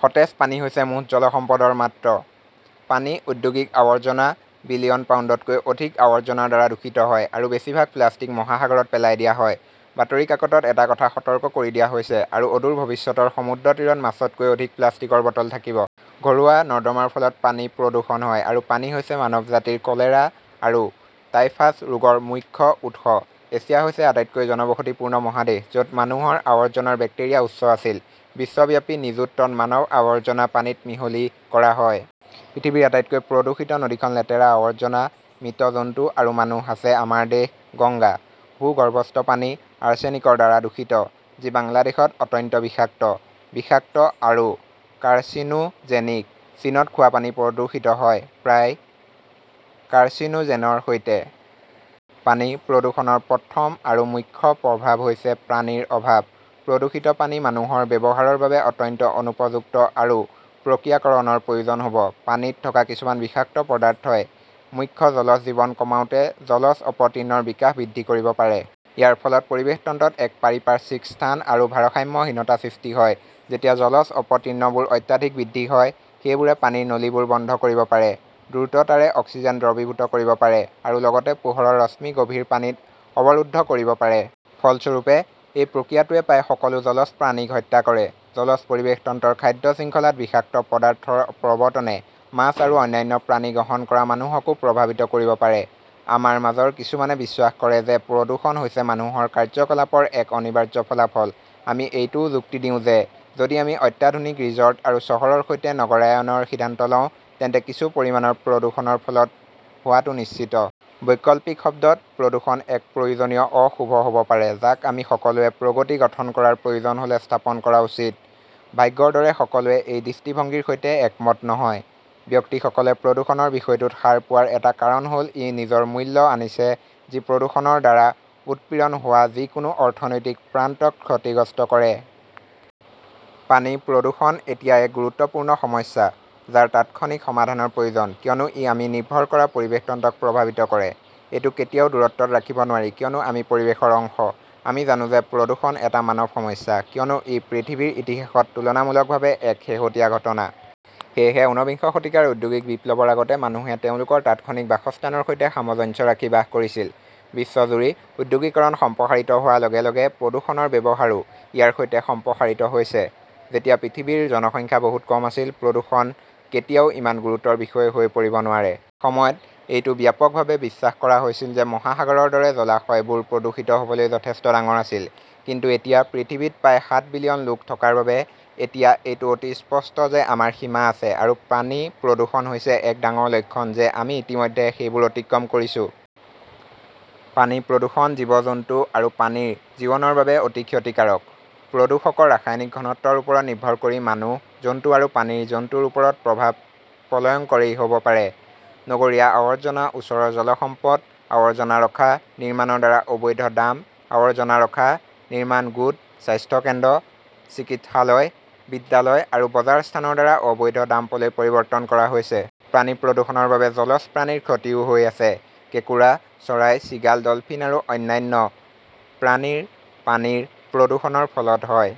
সতেজ পানী হৈছে মুঠ জল সম্পদৰ মাত্ৰ। পানী ঔদ্যোগিক আৱৰ্জনা, বিলিয়ন পাউণ্ডতকৈ অধিক আৱৰ্জনাৰ দ্বাৰা দূষিত হয়, আৰু বেছিভাগ প্লাষ্টিক মহাসাগৰত পেলাই দিয়া হয়। বাতৰি কাকতত এটা কথা সতৰ্ক কৰি দিয়া হৈছে, আৰু অদূৰ ভৱিষ্যতৰ সমুদ্ৰ তীৰত মাছতকৈ অধিক প্লাষ্টিকৰ বটল থাকিব। ঘৰুৱা নৰ্দমাৰ ফলত পানী প্ৰদূষণ হয়, আৰু পানী হৈছে মানৱ জাতিৰ কলেৰা আৰু টাইফাছ ৰোগৰ মুখ্য উৎস। এছিয়া হৈছে আটাইতকৈ জনবসতিপূৰ্ণ মহাদেশ য'ত মানুহৰ আৱৰ্জনাৰ বেক্টেৰিয়া উচ্চ আছিল। বিশ্বব্যাপী নিযুত টন মানৱ আৱৰ্জনা পানীত মিহলি কৰা হয়। পৃথিৱীৰ আটাইতকৈ প্ৰদূষিত নদীখনত লেতেৰা, আৱৰ্জনা, মৃত জন্তু আৰু মানুহ আছে আমাৰ দেশ- গঙ্গা। ভূগৰ্ভস্থ পানী আৰ্চেনিকৰ দ্বাৰা দূষিত, যি বাংলাদেশত অত্যন্ত বিষাক্ত, বিষাক্ত আৰু কাৰ্চিনোজেনিক। চীনত খোৱা পানী প্ৰদূষিত হয়, প্ৰায় কাৰ্চিনোজেনৰ সৈতে। পানী প্ৰদূষণৰ প্ৰথম আৰু মুখ্য প্ৰভাৱ হৈছে পানীৰ অভাৱ। প্ৰদূষিত পানী মানুহৰ ব্যৱহাৰৰ বাবে অত্যন্ত অনুপযুক্ত আৰু প্ৰক্ৰিয়াকৰণৰ প্ৰয়োজন হ'ব। পানীত থকা কিছুমান বিষাক্ত পদাৰ্থই মুখ্য জলজ জীৱন কমাওঁতে জলজ অপতৃণৰ বিকাশ বৃদ্ধি কৰিব পাৰে। ইয়াৰ ফলত পৰিৱেশ তন্ত্ৰত এক পাৰিপাৰ্শ্বিক স্থান আৰু ভাৰসাম্যহীনতা সৃষ্টি হয়। যেতিয়া জলজ অপতৃণবোৰ অত্যাধিক বৃদ্ধি হয়, সেইবোৰে পানীৰ নলীবোৰ বন্ধ কৰিব পাৰে, দ্ৰুততাৰে অক্সিজেন দ্ৰৱীভূত কৰিব পাৰে, আৰু লগতে পোহৰৰ ৰশ্মিগভীৰ পানীত অৱৰুদ্ধ কৰিব পাৰে। ফলস্বৰূপে, এই প্ৰক্ৰিয়াটোৱে প্ৰায় সকলো জলজ প্ৰাণীক হত্যা কৰে। জলজ পৰিৱেশ তন্ত্ৰৰ খাদ্য শৃংখলাত বিষাক্ত পদাৰ্থৰ প্ৰৱৰ্তনে মাছ আৰু অন্যান্য প্ৰাণী গ্ৰহণ কৰা মানুহকো প্ৰভাৱিত কৰিব পাৰে। আমাৰ মাজৰ কিছুমানে বিশ্বাস কৰে যে প্ৰদূষণ হৈছে মানুহৰ কাৰ্যকলাপৰ এক অনিবাৰ্য ফলাফল: আমি এইটোও যুক্তি দিওঁ যে যদি আমি অত্যাধুনিক ৰিজৰ্ট আৰু চহৰৰ সৈতে নগৰায়নৰ সিদ্ধান্ত লওঁ, তেন্তে কিছু পৰিমাণৰ প্ৰদূষণৰ ফলত হোৱাটো নিশ্চিত। বৈকল্পিক শব্দত, প্ৰদূষণ এক প্ৰয়োজনীয় অশুভ হ'ব পাৰে যাক আমি সকলোৱে প্ৰগতি গঠন কৰাৰ প্ৰয়োজন হ'লে স্থাপন কৰা উচিত। ভাগ্যৰ দৰে, সকলোৱে এই দৃষ্টিভংগীৰ সৈতে একমত নহয়। ব্যক্তিসকলে প্ৰদূষণৰ বিষয়টোত সাৰ পোৱাৰ এটা কাৰণ হ'ল ই নিজৰ মূল্য আনিছে যি প্ৰদূষণৰ দ্বাৰা উৎপীড়ন হোৱা যিকোনো অৰ্থনৈতিক প্ৰান্তক ক্ষতিগ্ৰস্ত কৰে। পানী প্ৰদূষণ এতিয়া এক গুৰুত্বপূৰ্ণ সমস্যা যাৰ তাৎক্ষণিক সমাধানৰ প্ৰয়োজন কিয়নো ই আমি নিৰ্ভৰ কৰা পৰিৱেশ তন্ত্ৰক প্ৰভাৱিত কৰে। এইটো কেতিয়াও দূৰত্বত ৰাখিব নোৱাৰি কিয়নো আমি পৰিৱেশৰ অংশ। আমি জানো যে প্ৰদূষণ এটা মানৱ সমস্যা কিয়নো ই পৃথিৱীৰ ইতিহাসত তুলনামূলকভাৱে এক শেহতীয়া ঘটনা। সেয়েহে, ঊনবিংশ শতিকাৰ ঔদ্যোগিক বিপ্লৱৰ আগতে, মানুহে তেওঁলোকৰ তাৎক্ষণিক বাসস্থানৰ সৈতে সামঞ্জস্য ৰাখি বাস কৰিছিল। বিশ্বজুৰি ঔদ্যোগিকৰণ সম্প্ৰসাৰিত হোৱাৰ লগে লগে, প্ৰদূষণৰ ব্যৱহাৰো ইয়াৰ সৈতে সম্প্ৰসাৰিত হৈছে। যেতিয়া পৃথিৱীৰ জনসংখ্যা বহুত কম আছিল, প্ৰদূষণ কেতিয়াও ইমান গুৰুতৰ বিষয় হৈ পৰিব নোৱাৰে। এসময়ত এইটো ব্যাপকভাৱে বিশ্বাস কৰা হৈছিল যে মহাসাগৰৰ দৰে জলাশয়বোৰ প্ৰদূষিত হ'বলৈ যথেষ্ট ডাঙৰ আছিল। কিন্তু এতিয়া, পৃথিৱীত প্ৰায় সাত বিলিয়ন লোক থকাৰ বাবে, এতিয়া এইটো অতি স্পষ্ট যে আমাৰ সীমা আছে আৰু পানী প্ৰদূষণ হৈছে এক ডাঙৰ লক্ষণ যে আমি ইতিমধ্যে সেইবোৰ অতিক্ৰম কৰিছো। পানী প্ৰদূষণ মানুহ, জীৱ-জন্তু আৰু পানীৰ জীৱনৰ বাবে অতি ক্ষতিকাৰক। প্ৰদূষকৰ ৰাসায়নিক ঘনত্বৰ ওপৰত নিৰ্ভৰ কৰি মানুহ, জন্তু আৰু পানীৰ জন্তুৰ ওপৰত প্ৰভাৱ প্ৰলয়ংকৰী হ'ব পাৰে। নগৰীয় আৱৰ্জনা ওচৰৰ জলসম্পদ, আৱৰ্জনা ৰখা, নিৰ্মাণৰ দ্বাৰা অবৈধ ডাম্প, আৱৰ্জনা ৰখা, নিৰ্মাণ গোট, স্বাস্থ্য কেন্দ্ৰ, চিকিৎসালয়, বিদ্যালয় আৰু বজাৰ স্থানৰ দ্বাৰা অবৈধ ডাম্পলৈ পৰিৱৰ্তন কৰা হৈছে। পানী প্ৰদূষণৰ বাবে জলজ প্ৰাণীৰ ক্ষতিও হৈ আছে। কেঁকোৰা, চৰাই, চিগাল, ডলফিন আৰু অন্যান্য প্ৰাণীপানীৰ প্ৰদূষণৰ ফলত হয়।